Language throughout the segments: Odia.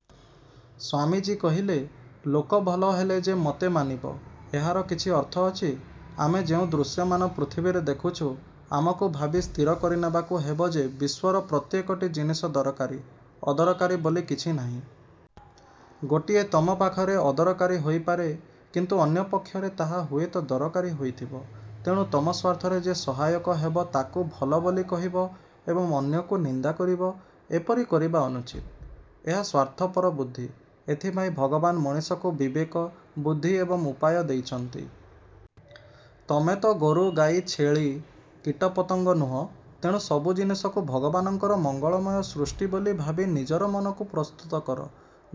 ' ସ୍ୱାମୀଜୀ କହିଲେ, 'ଲୋକ ଭଲ ହେଲେ ଯେ ମୋତେ ମାନିବ, ଏହାର କିଛି ଅର୍ଥ ଅଛି? ଆମେ ଯେଉଁ ଦୃଶ୍ୟମାନ ପୃଥିବୀରେ ଦେଖୁଛୁ, ଆମକୁ ଭାବି ସ୍ଥିର କରି ନେବାକୁ ହେବ ଯେ ବିଶ୍ୱର ପ୍ରତ୍ୟେକଟି ଜିନିଷ ଦରକାରୀ। ଅଦରକାରୀ ବୋଲି କିଛି ନାହିଁ। ଗୋଟିଏ ତମ ପାଖରେ ଅଦରକାରୀ ହୋଇପାରେ, କିନ୍ତୁ ଅନ୍ୟପକ୍ଷରେ ତାହା ହୁଏତ ଦରକାରୀ ହୋଇଥିବ। ତେଣୁ ତମ ସ୍ୱାର୍ଥରେ ଯେ ସହାୟକ ହେବ ତାକୁ ଭଲ ବୋଲି କହିବ ଏବଂ ଅନ୍ୟକୁ ନିନ୍ଦା କରିବ, ଏପରି କରିବା ଅନୁଚିତ। ଏହା ସ୍ୱାର୍ଥପର ବୁଦ୍ଧି। ଏଥିପାଇଁ ଭଗବାନ ମଣିଷକୁ ବିବେକ, ବୁଦ୍ଧି ଏବଂ ଉପାୟ ଦେଇଛନ୍ତି। ତମେ ତ ଗୋରୁ-ଗାଈ, ଛେଳି, କୀଟପତଙ୍ଗ ନୁହଁ। ତେଣୁ ସବୁ ଜିନିଷକୁ ଭଗବାନଙ୍କର ମଙ୍ଗଳମୟ ସୃଷ୍ଟି ବୋଲି ଭାବି ନିଜର ମନକୁ ପ୍ରସ୍ତୁତ କର।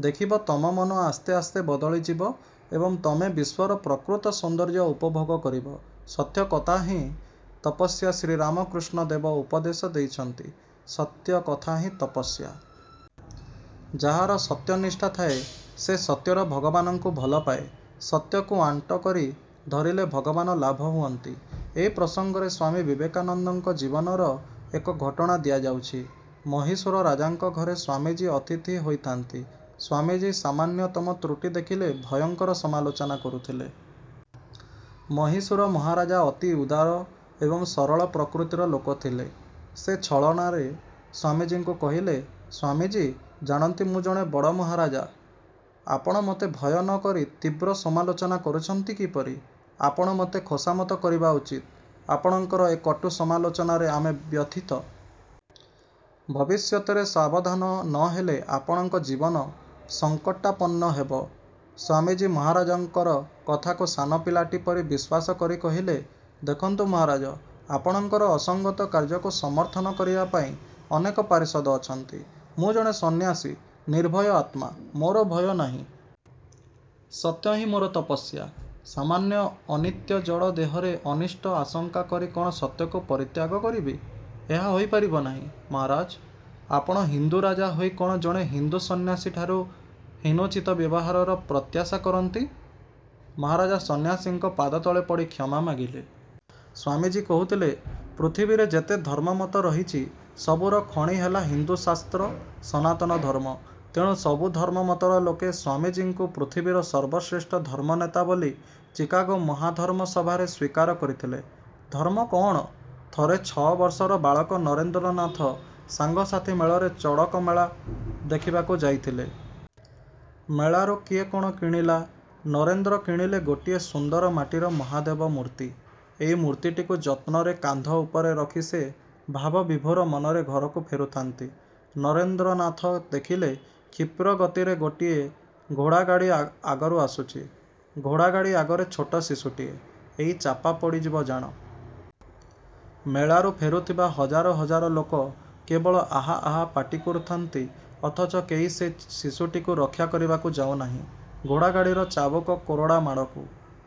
ଦେଖିବ ତମ ମନ ଆସ୍ତେ ଆସ୍ତେ ବଦଳିଯିବ ଏବଂ ତମେ ବିଶ୍ୱର ପ୍ରକୃତ ସୌନ୍ଦର୍ଯ୍ୟ ଉପଭୋଗ କରିବ। ସତ୍ୟ କଥାହିଁ ତପସ୍ୟା ଶ୍ରୀରାମକୃଷ୍ଣ ଦେବ ଉପଦେଶ ଦେଇଛନ୍ତି-ସତ୍ୟ କଥାହିଁ ତପସ୍ୟା। ଯାହାର ସତ୍ୟନିଷ୍ଠା ଥାଏ, ସେ ସତ୍ୟର ଭଗବାନଙ୍କୁ ଭଲପାଏ। ସତ୍ୟକୁ ଆଣ୍ଟ କରି ଧରିଲେ ଭଗବାନ ଲାଭ ହୁଅନ୍ତି। ଏ ପ୍ରସଙ୍ଗରେ ସ୍ୱାମୀ ବିବେକାନନ୍ଦଙ୍କ ଜୀବନର ଏକ ଘଟଣା ଦିଆଯାଉଛି। ମହୀଶୂର ରାଜାଙ୍କ ଘରେ ସ୍ୱାମୀଜୀ ଅତିଥି ହୋଇଥାନ୍ତି। ସ୍ୱାମୀଜୀ ସାମାନ୍ୟତମ ତ୍ରୁଟି ଦେଖିଲେ ଭୟଙ୍କର ସମାଲୋଚନା କରୁଥିଲେ। ମହୀଶୂର ମହାରାଜା ଅତି ଉଦାର ଏବଂ ସରଳ ପ୍ରକୃତିର ଲୋକ ଥିଲେ। ସେ ଛଳନାରେ ସ୍ୱାମୀଜୀଙ୍କୁ କହିଲେ-''ସ୍ୱାମୀଜୀ, ଜାଣନ୍ତି ମୁଁ ଜଣେ ବଡ଼ ମହାରାଜା-? ଆପଣ ମୋତେ ଭୟ ନ କରି ତୀବ୍ର ସମାଲୋଚନା କରୁଛନ୍ତି କିପରି? ଆପଣ ମୋତେ ଖୋସାମତ କରିବା ଉଚିତ। ଆପଣଙ୍କର ଏ କଟୁ ସମାଲୋଚନାରେ ଆମେ ବ୍ୟଥିତ-। ଭବିଷ୍ୟତରେ ସାବଧାନ ନ ହେଲେ ଆପଣଙ୍କ ଜୀବନ ସଙ୍କଟାପନ୍ନ ହେବ। '' ସ୍ୱାମୀଜୀ ମହାରାଜାଙ୍କର କଥାକୁ ସାନପିଲାଟି ପରି ବିଶ୍ୱାସ କରି କହିଲେ, ''ଦେଖନ୍ତୁ ମହାରାଜ, ଆପଣଙ୍କର ଅସଙ୍ଗତ କାର୍ଯ୍ୟକୁ ସମର୍ଥନ କରିବାପାଇଁ ଅନେକ ପାରିଷଦ ଅଛନ୍ତି। ମୁଁ ଜଣେ ସନ୍ନ୍ୟାସୀ, ନିର୍ଭୟ ଆତ୍ମା। ମୋର ଭୟ ନାହିଁ। ସତ୍ୟହିଁ ମୋର ତପସ୍ୟା। ସାମାନ୍ୟ ଅନିତ୍ୟ ଜଡ଼ ଦେହରେ ଅନିଷ୍ଟ ଆଶଙ୍କା କରି କଣ ସତ୍ୟକୁ ପରିତ୍ୟାଗ କରିବି? ଏହା ହୋଇପାରିବ ନାହିଁ, ମହାରାଜ। ଆପଣ ହିନ୍ଦୁରାଜା ହୋଇ କ'ଣ ଜଣେ ହିନ୍ଦୁ ସନ୍ନ୍ୟାସୀଠାରୁ ହୀନୋଚିତ ବ୍ୟବହାରର ପ୍ରତ୍ୟାଶା କରନ୍ତି। '' ମହାରାଜା ସନ୍ନ୍ୟାସୀଙ୍କ ପାଦତଳେ ପଡ଼ି କ୍ଷମା ମାଗିଲେ। ସ୍ୱାମୀଜୀ କହୁଥିଲେ, 'ପୃଥିବୀରେ ଯେତେ ଧର୍ମମତ ରହିଛି, ସବୁର ଖଣି ହେଲା ହିନ୍ଦୁଶାସ୍ତ୍ର, ସନାତନ ଧର୍ମ। ' ତେଣୁ ସବୁ ଧର୍ମମତର ଲୋକେ ସ୍ୱାମୀଜୀଙ୍କୁ ପୃଥିବୀର ସର୍ବଶ୍ରେଷ୍ଠ ଧର୍ମନେତା ବୋଲି ଚିକାଗୋ ମହାଧର୍ମସଭାରେ ସ୍ୱୀକାର କରିଥିଲେ। ଧର୍ମ କଅଣ? ଥରେ ଛଅବର୍ଷର ବାଳକ ନରେନ୍ଦ୍ରନାଥ ସାଙ୍ଗସାଥି ମେଳରେ ଚଡ଼କମେଳା ଦେଖିବାକୁ ଯାଇଥିଲେ। ମେଳାରୁ କିଏ କ'ଣ କିଣିଲା। ନରେନ୍ଦ୍ର କିଣିଲେ ଗୋଟିଏ ସୁନ୍ଦର ମାଟିର ମହାଦେବମୂର୍ତ୍ତି। ଏ ମୂର୍ତ୍ତିଟିକୁ ଯତ୍ନରେ କାନ୍ଧ ଉପରେ ରଖି ସେ ଭାବବିଭୋର ମନରେ ଘରକୁ ଫେରୁଥାନ୍ତି। ନରେନ୍ଦ୍ରନାଥ ଦେଖିଲେ କ୍ଷିପ୍ର ଗତିରେ ଗୋଟିଏ ଘୋଡ଼ାଗାଡ଼ି ଆଗରୁ ଆସୁଛି। ଘୋଡ଼ାଗାଡ଼ି ଆଗରେ ଛୋଟ ଶିଶୁଟିଏ, ଏଇ ଚାପା ପଡ଼ିଯିବ ଜାଣ। ମେଳାରୁ ଫେରୁଥିବା ହଜାର ହଜାର ଲୋକ କେବଳ ଆହା ଆହା ପାଟି କରୁଥାନ୍ତି ଅଥଚ କେହି ସେ ଶିଶୁଟିକୁ ରକ୍ଷା କରିବାକୁ ଯାଉନାହିଁ। ଘୋଡ଼ାଗାଡ଼ିର ଚାବୁକ-କୋରଡ଼ା ମାଡ଼କୁ